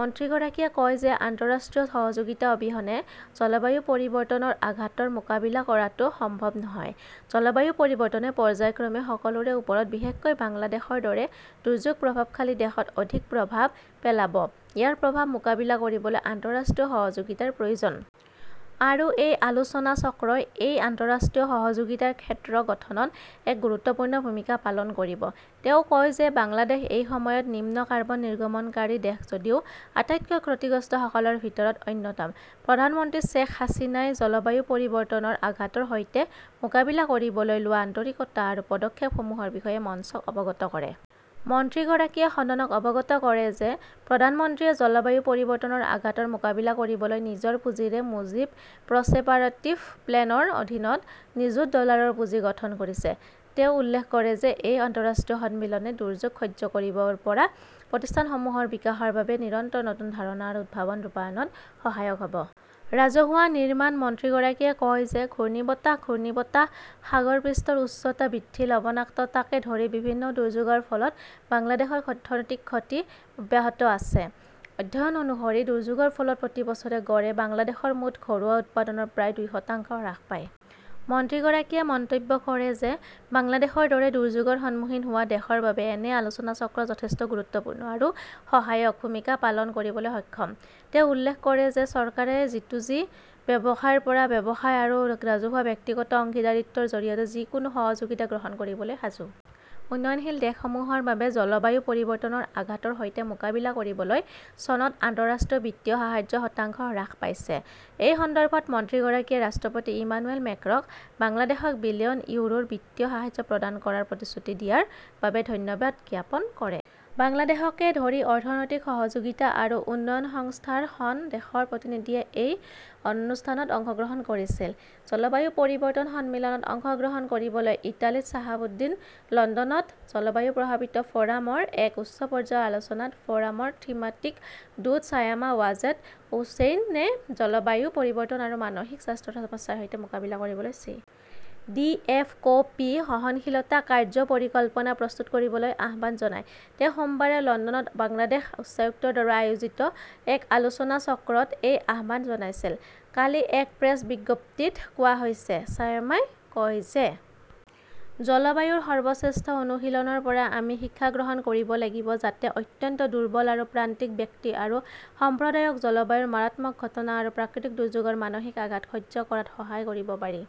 মন্ত্ৰীগৰাকীয়ে কয় যে আন্তঃৰাষ্ট্ৰীয় সহযোগিতা অবিহনে জলবায়ু পৰিৱৰ্তনৰ আঘাতৰ মোকাবিলা কৰাটো সম্ভৱ নহয়। জলবায়ু পৰিৱৰ্তনে পৰ্য্যায়ক্ৰমে সকলোৰে ওপৰত, বিশেষকৈ বাংলাদেশৰ দৰে দুৰ্যোগ প্ৰভাৱশালী দেশত অধিক প্ৰভাৱ পেলাব। ইয়াৰ প্ৰভাৱ মোকাবিলা কৰিবলৈ আন্তঃৰাষ্ট্ৰীয় সহযোগিতাৰ প্ৰয়োজন। আৰু এই আলোচনাচক্ৰই এই আন্তঃৰাষ্ট্ৰীয় সহযোগিতাৰ ক্ষেত্ৰ গঠনত এক গুৰুত্বপূৰ্ণ ভূমিকা পালন কৰিব। তেওঁ কয় যে বাংলাদেশ এই সময়ত নিম্ন কাৰ্বন নিৰ্গমনকাৰী দেশ যদিও আটাইতকৈ ক্ষতিগ্ৰস্তসকলৰ ভিতৰত অন্যতম। প্ৰধানমন্ত্ৰী শ্বেখ হাছিনাই জলবায়ু পৰিৱৰ্তনৰ আঘাতৰ সৈতে মোকাবিলা কৰিবলৈ লোৱা আন্তৰিকতা আৰু পদক্ষেপসমূহৰ বিষয়ে মঞ্চক অৱগত কৰে। মন্ত্ৰীগৰাকীয়ে সদনক অৱগত কৰে যে প্ৰধানমন্ত্ৰীয়ে জলবায়ু পৰিৱৰ্তনৰ আঘাতৰ মোকাবিলা কৰিবলৈ নিজৰ পুঁজিৰে মুজীব প্ৰচেপাৰেটিভ প্লেন ৰ অধীনত নিযুত ডলাৰৰ পুঁজি গঠন কৰিছে। তেওঁ উল্লেখ কৰে যে এই আন্তঃৰাষ্ট্ৰীয় সন্মিলনে দুৰ্যোগ সহ্য কৰিব পৰা প্ৰতিষ্ঠানসমূহৰ বিকাশৰ বাবে নিৰন্তৰ নতুন ধাৰণা আৰু উদ্ভাৱন ৰূপায়ণত সহায়ক হ "ব। ৰাজহুৱা নিৰ্মাণ মন্ত্ৰীগৰাকীয়ে কয় যে ঘূৰ্ণীবতাহ, ঘূৰ্ণীবতাহ, সাগৰ পৃষ্ঠৰ উচ্চতা বৃদ্ধি, লবণাক্ততাকে ধৰি বিভিন্ন দুৰ্যোগৰ ফলত বাংলাদেশৰ অৰ্থনৈতিক ক্ষতি অব্যাহত আছে। অধ্যয়ন অনুসৰি, দুৰ্যোগৰ ফলত প্ৰতি বছৰে গড়ে বাংলাদেশৰ মুঠ ঘৰুৱা উৎপাদনৰ প্ৰায় দুই শতাংশ হ্ৰাস পায়। মন্ত্ৰীগৰাকীয়ে মন্তব্য কৰে যে বাংলাদেশৰ দৰে দুৰ্যোগৰ সন্মুখীন হোৱা দেশৰ বাবে এনে আলোচনাচক্ৰ যথেষ্ট গুৰুত্বপূৰ্ণ আৰু সহায়ক ভূমিকা পালন কৰিবলৈ সক্ষম। তেওঁ উল্লেখ কৰে যে চৰকাৰে জিটুজি, ব্যৱসায়ৰ পৰা ব্যৱসায় আৰু ৰাজহুৱা ব্যক্তিগত অংশীদাৰিত্বৰ জৰিয়তে যিকোনো সহযোগিতা গ্ৰহণ কৰিবলৈ সাজু। উন্নয়নশীল দেশসমূহৰ বাবে জলবায়ু পৰিৱৰ্তনৰ আঘাতৰ সৈতে মোকাবিলা কৰিবলৈ চনত আন্তঃৰাষ্ট্ৰীয় বিত্তীয় সাহায্য শতাংশ হ্ৰাস পাইছে। এই সন্দৰ্ভত মন্ত্ৰীগৰাকীয়ে ৰাষ্ট্ৰপতি ইমানুৱেল মেক্ৰ "ক বাংলাদেশক বিলিয়ন ইউৰোৰ বিত্তীয় সাহায্য প্ৰদান কৰাৰ প্ৰতিশ্ৰুতি দিয়াৰ বাবে ধন্যবাদ জ্ঞাপন কৰে। বাংলাদেশকে ধৰি অৰ্থনৈতিক সহযোগিতা আৰু উন্নয়ন সংস্থাৰ খন দেশৰ প্ৰতিনিধিয়ে এই অনুষ্ঠানত অংশগ্ৰহণ কৰিছিল। জলবায়ু পৰিৱৰ্তন সন্মিলনত অংশগ্ৰহণ কৰিবলৈ ইটালীত শ্বাহাব উদ্দীন লণ্ডনত জলবায়ু প্ৰভাৱিত ফ "ৰাম ৰ এক উচ্চ পৰ্যায়ৰ আলোচনাত ফ" ৰামৰ থিম্যাটিক দূত ছায়মা ৱাজেদ হুচেইনে জলবায়ু পৰিৱৰ্তন আৰু মানসিক স্বাস্থ্যৰ সমস্যাৰ সৈতে মোকাবিলা কৰিবলৈ চি. ভি. এফ. -ক ". পি. সহনশীলতা কাৰ্য্য পৰিকল্পনা প্ৰস্তুত কৰিবলৈ আহ্বান জনায়। তেওঁ সোমবাৰে লণ্ডনত বাংলাদেশ উচ্চায়ুক্তৰ দ্বাৰা আয়োজিত এক আলোচনাচক্ৰত এই আহ্বান জনাইছিল, কালি এক প্ৰেছ বিজ্ঞপ্তিত কোৱা হৈছে। ছাইমাই কয় যে জলবায়ুৰ সৰ্বশ্ৰেষ্ঠ অনুশীলনৰ পৰা আমি শিক্ষা গ্ৰহণ কৰিব লাগিব যাতে অত্যন্ত দুৰ্বল আৰু প্ৰান্তিক ব্যক্তি আৰু সম্প্ৰদায়ক জলবায়ুৰ মাৰাত্মক ঘটনা আৰু প্ৰাকৃতিক দুৰ্যোগৰ মানসিক আঘাত সহ্য কৰাত সহায় কৰিব পাৰি,